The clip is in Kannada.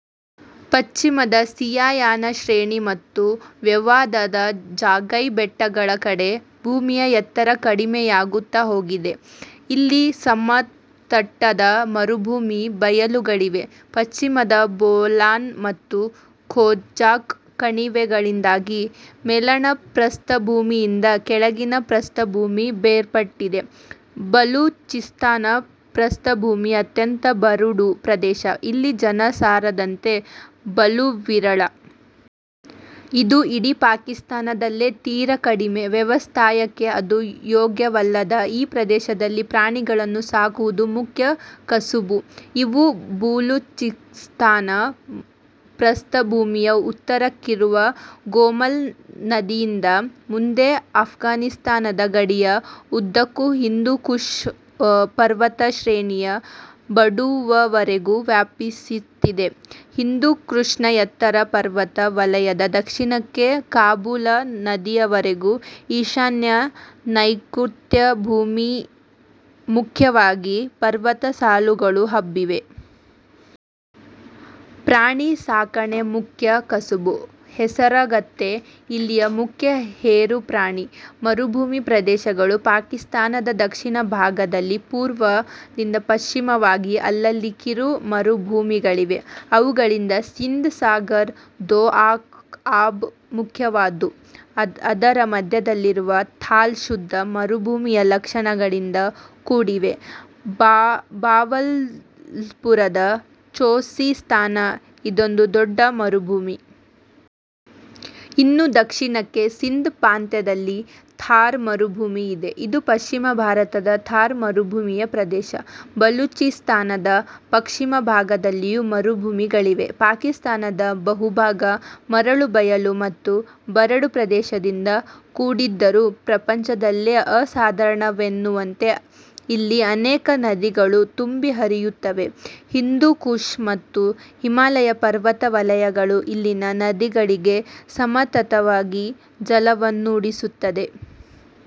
ಪಶ್ಚಿಮದ ಸೀಯಾಹಾನ್ ಶ್ರೇಣಿ ಮತ್ತು ವಾಯವ್ಯದ ಜಾಗೈ ಬೆಟ್ಟಗಳ ಕಡೆ ಭೂಮಿಯ ಎತ್ತರ ಕಡಿಮೆಯಾಗುತ್ತ ಹೋಗಿದೆ. ಇಲ್ಲಿ ಸಮತಟ್ಟಾದ ಮರುಭೂಮಿ ಬಯಲುಗಳಿವೆ. ಪಶ್ಚಿಮದ ಬೋಲಾನ್ ಮತ್ತು ಖೋಜಾಕ್ ಕಣಿವೆಗಳಿಂದಾಗಿ ಮೇಲಣ ಪ್ರಸ್ಥಭೂಮಿಯಿಂದ ಕೆಳಗಿನ ಪ್ರಸ್ಥಭೂಮಿ ಬೇರ್ಪಟ್ಟಿದೆ. ಬಲೂಚಿಸ್ಥಾನ ಪ್ರಸ್ಥಭೂಮಿ ಅತ್ಯಂತ ಬರಡು ಪ್ರದೇಶ. ಇಲ್ಲಿ ಜನಸಾಂದ್ರತೆ ಬಲು ವಿರಳ. ಇದು ಇಡೀ ಪಾಕಿಸ್ತಾನದಲ್ಲೇ ತೀರ ಕಡಿಮೆ. ವ್ಯವಸಾಯಕ್ಕೆ ಅಷ್ಟು ಯೋಗ್ಯವಲ್ಲದ ಈ ಪ್ರದೇಶದಲ್ಲಿ ಪ್ರಾಣಿಗಳನ್ನು ಸಾಕುವುದು ಮುಖ್ಯ ಕಸುಬು. ಇವು ಬಲೂಚಿಸ್ತಾನ ಪ್ರಸ್ಥಭೂಮಿಯ ಉತ್ತರಕ್ಕಿರುವ ಗೋಮಲ್ ನದಿಯಿಂದ ಮುಂದೆ ಆಫ್ಘಾನಿಸ್ತಾನದ ಗಡಿಯ ಉದ್ದಕ್ಕೂ ಹಿಂದೂಕುಷ್ ಪರ್ವತಶ್ರೇಣಿಯ ಬುಡದವರೆಗೆ ವ್ಯಾಪಿಸಿದೆ. ಹಿಂದೂಕುಷ್ನ ಎತ್ತರ ಪರ್ವತ ವಲಯದ ದಕ್ಷಿಣಕ್ಕೆ ಕಾಬೂಲ್ ನದಿಯವರೆಗೂ ಈಶಾನ್ಯ-ನೈಋತ್ಯಾಭಿಮುಖವಾಗಿ ಪರ್ವತ ಸಾಲುಗಳು ಹಬ್ಬಿವೆ. ಪ್ರಾಣಿ ಸಾಕಣೆ ಮುಖ್ಯ ಕಸಬು. ಹೇಸರಗತ್ತೆ ಇಲ್ಲಿಯ ಮುಖ್ಯ ಹೇರು ಪ್ರಾಣಿ. ಮರುಭೂಮಿ ಪ್ರದೇಶಗಳು, ಪಾಕಿಸ್ತಾನದ ದಕ್ಷಿಣ ಭಾಗದಲ್ಲಿ ಪೂರ್ವ-ಪಶ್ಚಿಮವಾಗಿ ಅಲ್ಲಲ್ಲಿ ಕಿರು ಮರುಭೂಮಿಗಳಿವೆ. ಅವುಗಳಲ್ಲಿ ಸಿಂಧ್ ಸಾಗರ್ ದೋಆಬ್ ಮುಖ್ಯವಾದ್ದು. ಅದರ ಮಧ್ಯದಲ್ಲಿರುವ ಥಾಲ್ ಶುದ್ಧ ಮರುಭೂಮಿಯ ಲಕ್ಷಣಗಳಿಂದ ಕೂಡಿದೆ. ಭಾವಲ್ಪುರದ ಚೊಲಿಸ್ತಾನ ಇನ್ನೊಂದು ದೊಡ್ಡ ಮರುಭೂಮಿ. ಇನ್ನೂ ದಕ್ಷಿಣಕ್ಕೆ ಸಿಂಧ್ ಪ್ರಾಂತ್ಯದಲ್ಲಿ ಥಾರ್ ಮರುಭೂಮಿ ಇದೆ. ಇದು ಪಶ್ಚಿಮ ಭಾರತದ ಥಾರ್ ಮರುಭೂಮಿಯ ಪ್ರದೇಶ. ಬಲೂಚಿಸ್ಥಾನದ ಪಶ್ಚಿಮಭಾಗದಲ್ಲೂ ಮರುಭೂಮಿಗಳಿವೆ. ಪಾಕಿಸ್ತಾನದ ಬಹುಭಾಗ ಮರಳು ಬಯಲು ಮತ್ತು ಬರಡು ಪ್ರದೇಶದಿಂದ ಕೂಡಿದ್ದರೂ ಪ್ರಪಂಚದಲ್ಲೇ ಅಸಾಧಾರಣವೆನ್ನುವಂತೆ ಇಲ್ಲಿ ಅನೇಕ ನದಿಗಳು ತುಂಬಿ ಹರಿಯುತ್ತವೆ. ಹಿಂದೂಕುಷ್ ಮತ್ತು ಹಿಮಾಲಯ ಪರ್ವತ ವಲಯಗಳು ಇಲ್ಲಿಯ ನದಿಗಳಿಗೆ ಸತತವಾಗಿ ಜಲವನ್ನೂಡಿಸುತ್ತವೆ.